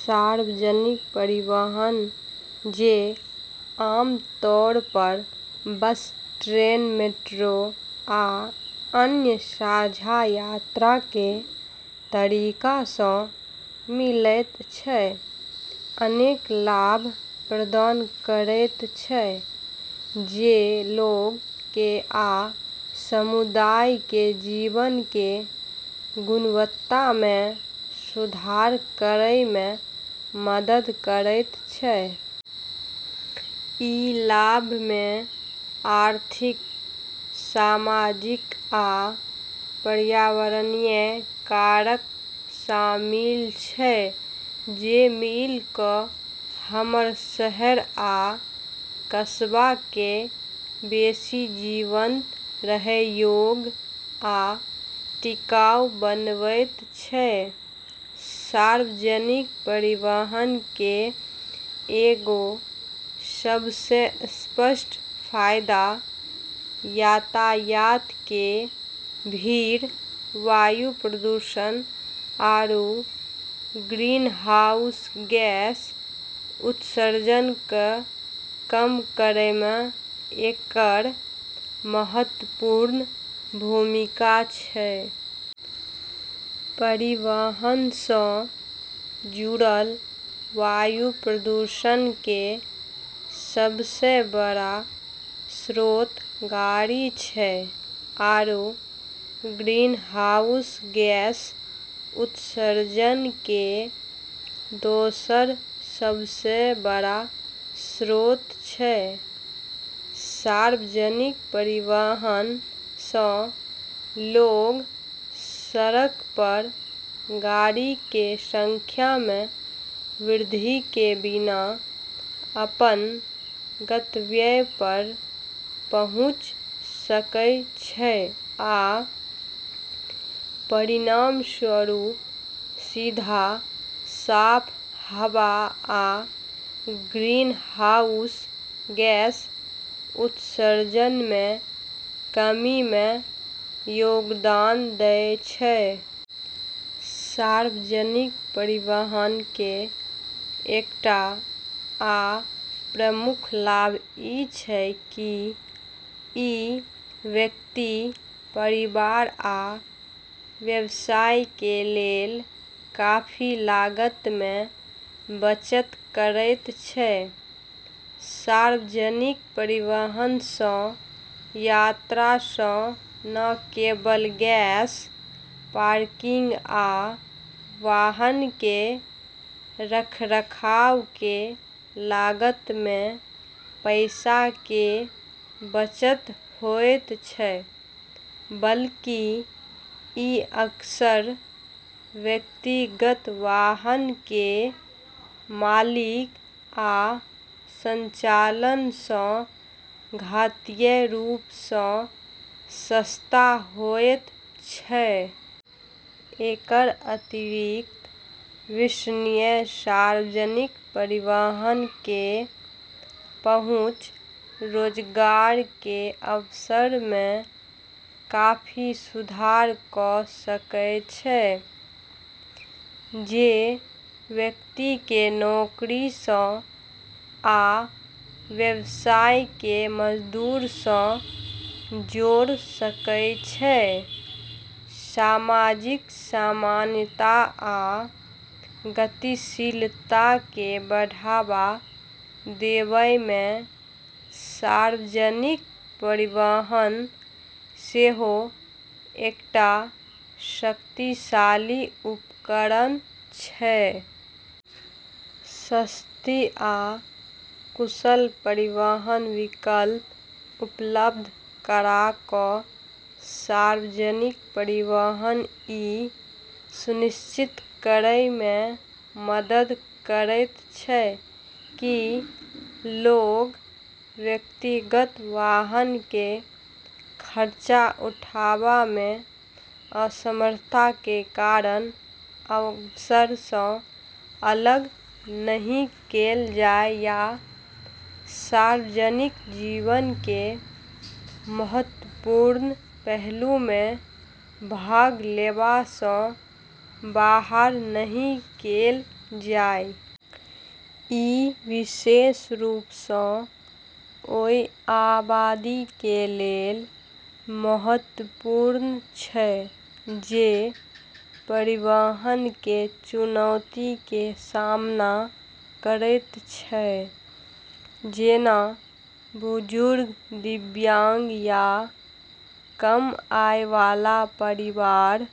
सार्वजनिक परिवहन, जे आमतौर पर बस, ट्रेन, मेट्रो, आ अन्य साझा यात्रा के तरीका सँ मिलैत छै, अनेक लाभ प्रदान करैत छै जे लोग के आ समुदाय के जीवन के गुणवत्ता मे सुधार करय मे मदद करैत छै। ई लाभ मे आर्थिक, सामाजिक आ पर्यावरणीय कारक शामिल छै जे मिल कऽ हमर शहर आ कस्बा के बेसि जीवंत, रहय योग्य आ टिकाऊ बनवैत छै। सार्वजनिक परिवहन के एगो सबसें स्पष्ट फायदा यातायात के भीड़, वायु प्रदूषण, आरू ग्रीनहाउस गैस उत्सर्जन क॑ कम करै म॑ एकर महत्वपूर्ण भूमिका छै। परिवहन सँ जुड़ल वायु प्रदूषण के सबसें बड़ऽ स्रोत गाड़ी छै आरू ग्रीनहाउस गैस उत्सर्जन के दोसरऽ सबसें बड़ऽ स्रोत छै। सार्वजनिक परिवहन सँ लोग सड़क पर गाड़ी के संख्या मे वृद्धि के बिना अपन गंतव्य पर पहुँच सकय छै आ परिणामस्वरूप, सीधा साफ हवा आ ग्रीनहाउस गैस उत्सर्जन मे कमी मे योगदान दै छै। सार्वजनिक परिवहन के एकटा आ प्रमुख लाभ ई छै की ई व्यक्ति, परिवार आ व्यवसाय के लेल काफी लागत मे बचत करैत छै। सार्वजनिक परिवहन सँ यात्रा सँ न केवल गैस, पार्किंग, आ वाहन के रखरखाव के लागत मे पैसा के बचत होयत छै, बल्कि ई अक्सर व्यक्तिगत वाहन के मालिक आ संचालन सँ घातीय रूप सँ सस्ता होयत छै। एकर अतिरिक्त, विश्वसनीय सार्वजनिक परिवहन के पहुँच रोजगार के अवसर मे काफी सुधार कऽ सकय छै, जे व्यक्ति के नौकरी सँ आ व्यवसाय के मजदूर सँ जोड़ सकय छै। सामाजिक समानता आ गतिशीलता के बढ़ावा देवय मे सार्वजनिक परिवहन सेहो एकटा शक्तिशाली उपकरण छै। सस्ती आ कुशल परिवहन विकल्प उपलब्ध करा कऽ सार्वजनिक परिवहन ई सुनिश्चित करय मे मदद करैत छै की लोग व्यक्तिगत वाहन के खर्चा उठावा मे असमर्थता के कारण अवसर सँ अलग नहि कैल जाइ या सार्वजनिक जीवन के महत्वपूर्ण पहलू मे भाग लेवा सँ बाहर नहि कैल जाइ। ई विशेष रूप सँ ओय आबादी के लेल महत्वपूर्ण छै जे परिवहन के चुनौती के सामना करैत छै, जेना बुजुर्ग, दिव्यांग, या कम आय वाला परिवार।